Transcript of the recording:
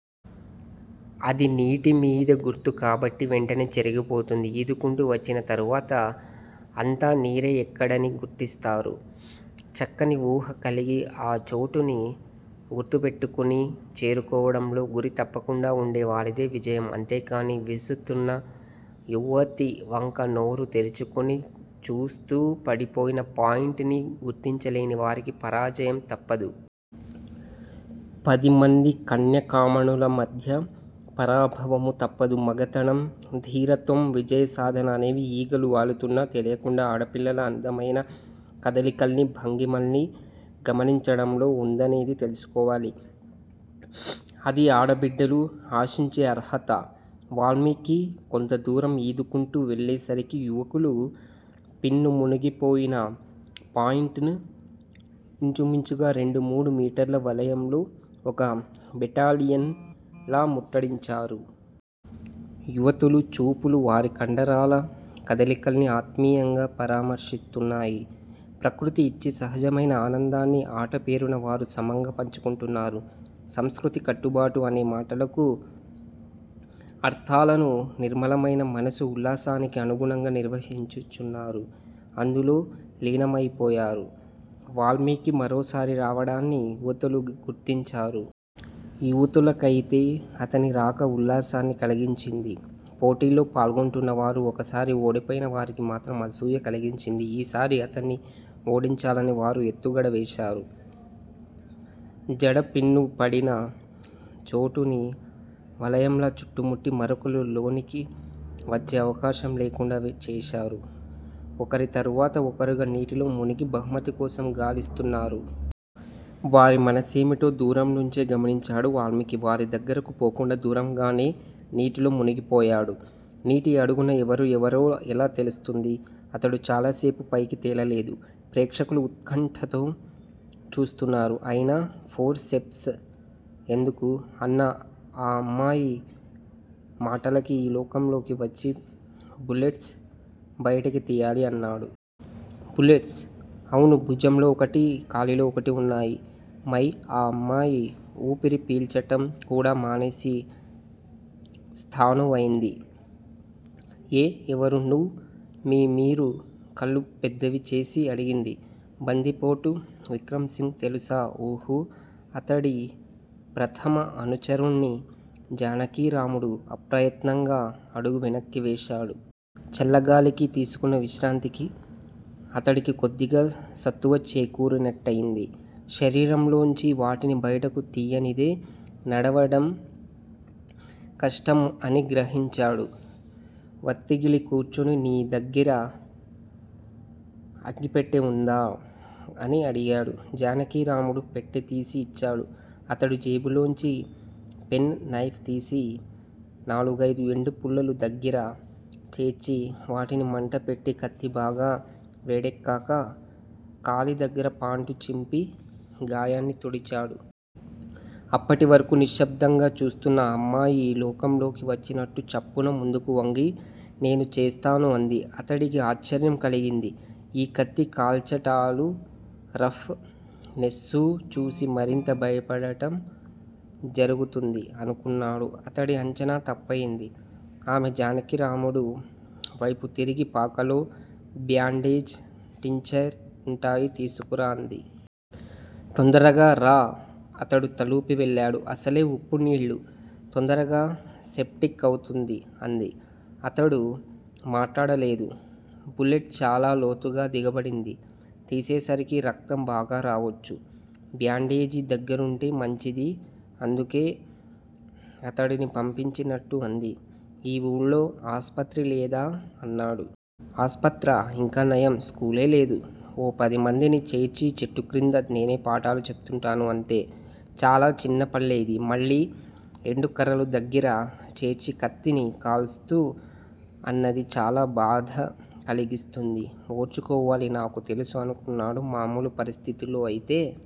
అది నీటి మీద గుర్తు కాబట్టి వెంటనే చెరిగిపోతుంది. ఈదుకుంటూ వచ్చిన తరువాత అంతా నీరే ఎక్కడని గుర్తిస్తారు. చక్కని ఊహ కలిగి ఆ చోటుని గుర్తుపెట్టుకుని చేరుకోవడంలో గురి తప్పకుండా ఉండే వారిదే విజయం. అంతేకాని విసురుతున్న యువతి వంక నోరు తెరుచుకుని చూస్తూ పడిపోయిన పాయింట్ ని గుర్తించలేని వారికి పరాజయం తప్పదు. పది మంది కన్యకామణుల మధ్య పరాభవమూ తప్పదు. మగతనం, ధీరత్వం విజయసాధన అనేవి, ఈగలు వాలుతున్నా తెలియకుండా ఆడపిల్లల అందమయిన కదలికల్ని, భంగిమల్ని గమనించడంలో ఉందనేది తెలుసుకోవాలి! అది ఆడపిల్లలు ఆశించే అర్హత! వాల్మీకి కొంతదూరం ఈదుకుంటూ వెళ్ళేసరికి యువకులు పిన్ను మునిగిపోయిన పాయింట్ ను ఇంచుమించుగా రెండు మూడు మీటర్ల వలయంలో ఒక బెటాలియన్ లా ముట్టడించారు. యువతులు చూపులు వారి కండరాల కదలికల్ని ఆత్మీయంగా పరామర్శిస్తున్నాయి. ప్రకృతి యిచ్చే సహజమైన ఆనందాన్ని ఆట పేరున వారు సమంగా పంచుకుంటున్నారు. సంస్కృతి కట్టుబాటు అనే మాటలకు అర్ధాలను నిర్మలమైన మనసు ఉల్లాసానికి అనుగుణంగా నిర్వచించుకున్నారు. అందులో లీనమయిపోయారు. వాల్మీకి మరోసారి రావడాన్ని యువతులు గుర్తించారు. యువతులకయితే అతని రాక ఉల్లాసాన్ని కలిగించింది. పోటీల్లో పాల్గొంటున్నవారు ఒకసారి ఓడిపోయిన వారికి మాత్రం అసూయ కలిగించింది. ఈసారి అతన్ని ఓడించాలని వారు ఎత్తుగడ వేశారు. జడ పిన్ను పడిన చోటుని వలయంలా చుట్టుముట్టి మరొకరు లోనికి వచ్చే అవకాశం లేకుండా చేశారు. ఒకరి తరువాత ఒకరుగా నీటిలో మునిగి బహుమతి కోసం గాలిస్తున్నారు. వారి మనసేమిటో దూరంనుంచే గమనించాడు వాల్మీకి. వారి దగ్గరకు పోకుండా దూరంగానే నీటిలో మునిగిపోయాడు. నీటి అడుగున ఎవరు ఎవరో ఎలా తెలుస్తుంది. అతడు చాలాసేపు పైకి తేలలేదు. ప్రేక్షకులు ఉత్కంఠతో చూస్తున్నారు. అయినా ఫోర్ సెప్స్ ఎందుకు? అన్న ఆ అమ్మాయి మాటలకి ఈ లోకంలోకి వచ్చి, బులెట్స్ బయటికి తీయాలి అన్నాడు. బులెట్స్? అవును భుజంలో ఒకటి- కాలిలో ఒకటి ఉన్నాయి- మై ఆ అమ్మాయి వూపిరి పీల్చటం కూడా మానేసి స్థాణువైంది. ఎ ఎవరు నువ్వ్ మీ మీరు కళ్ళు పెద్దవిచేసి అడిగింది. బందిపోటు విక్రమ్ సింగ్ తెలుసా ఊహూ అతడి ప్రథమ అనుచరుణ్ని జానకీరాముడు అప్రయత్నంగా అడుగు వెనక్కి వేశాడు. చల్ల గాలికీ, తీసుకున్న విశ్రాంతికి, అతడికి కొద్దిగా సత్తువ చేకూరినట్టయింది. శరీరంలోంచి వాటిని బయటకు తీయనిదే నడవడం కష్టం అని గ్రహించాడు. వత్తిగిలి కూర్చుని నీ దగ్గిర అగ్గిపెట్టె ఉందా అని అడిగాడు! జానకీరాముడు పెట్టెతీసి ఇచ్చాడు. అతడు జేబులోంచి పెన్ నైఫ్ తీసి, నాలుగైదు ఎండు పుల్లలు దగ్గిర చేర్చి, వాటిని మంట పెట్టి కత్తి బాగా వేడెక్కాక, కాలి దగ్గర పాంటు చింపి గాయాన్ని తుడిచాడు. అప్పటి వరకూ నిశ్శబ్దంగా చూస్తున్న ఆ అమ్మాయి ఈ లోకం లోకి వచ్చినట్లు చప్పున ముందుకు వంగి, నేను చేస్తాను అంది. అతడికి ఆశ్చర్యం కలిగింది. ఈ కత్తి కాల్చటాలూ, రఫ్ నెస్సూ చూసి మరింత భయపడటం జరుగుతుంది అనుకున్నాడు. అతడి అంచనా తప్పయింది. ఆమె జానకిరాముడు వైపు తిరిగి పాకలో బ్యాండేజ్, టించర్ వుంటాయి తీసుకురా అంది. తొందరగా రా! అతడు తలూపి వెళ్లాడు. అసలే ఉప్పునీళ్ళు! తొందరగా సెప్టిక్ అవుతుంది అంది. అతడు మాట్లాడలేదు. బులెట్ చాలా లోతుగా దిగబడింది. తీసేసరికి రక్తం బాగా రావొచ్చు. బ్యాండేజి దగ్గరుంటే మంచిది అందుకే అతడిని పంపించినట్టు అంది. ఈ వూళ్ళో ఆస్పత్రి లేదా? అన్నాడు. ఆస్పత్రా? ఇంకా నయం. స్కూలే లేదు. ఓ పది మందిని చేర్చి చెట్టు క్రింద నేనే పాఠాలు చెప్తూంటాను అంతే. చాలా చిన్న పల్లె ఇది. మళ్ళీ ఎండు కర్రలు దగ్గిర చేర్చి కత్తిని కాలుస్తూ అన్నది చాలా బాధకలిగిస్తుంది, ఓర్చుకోవాలి. నాకు తెలుసు అనుకున్నాడు. మామూలు పరిస్థితుల్లో అయితే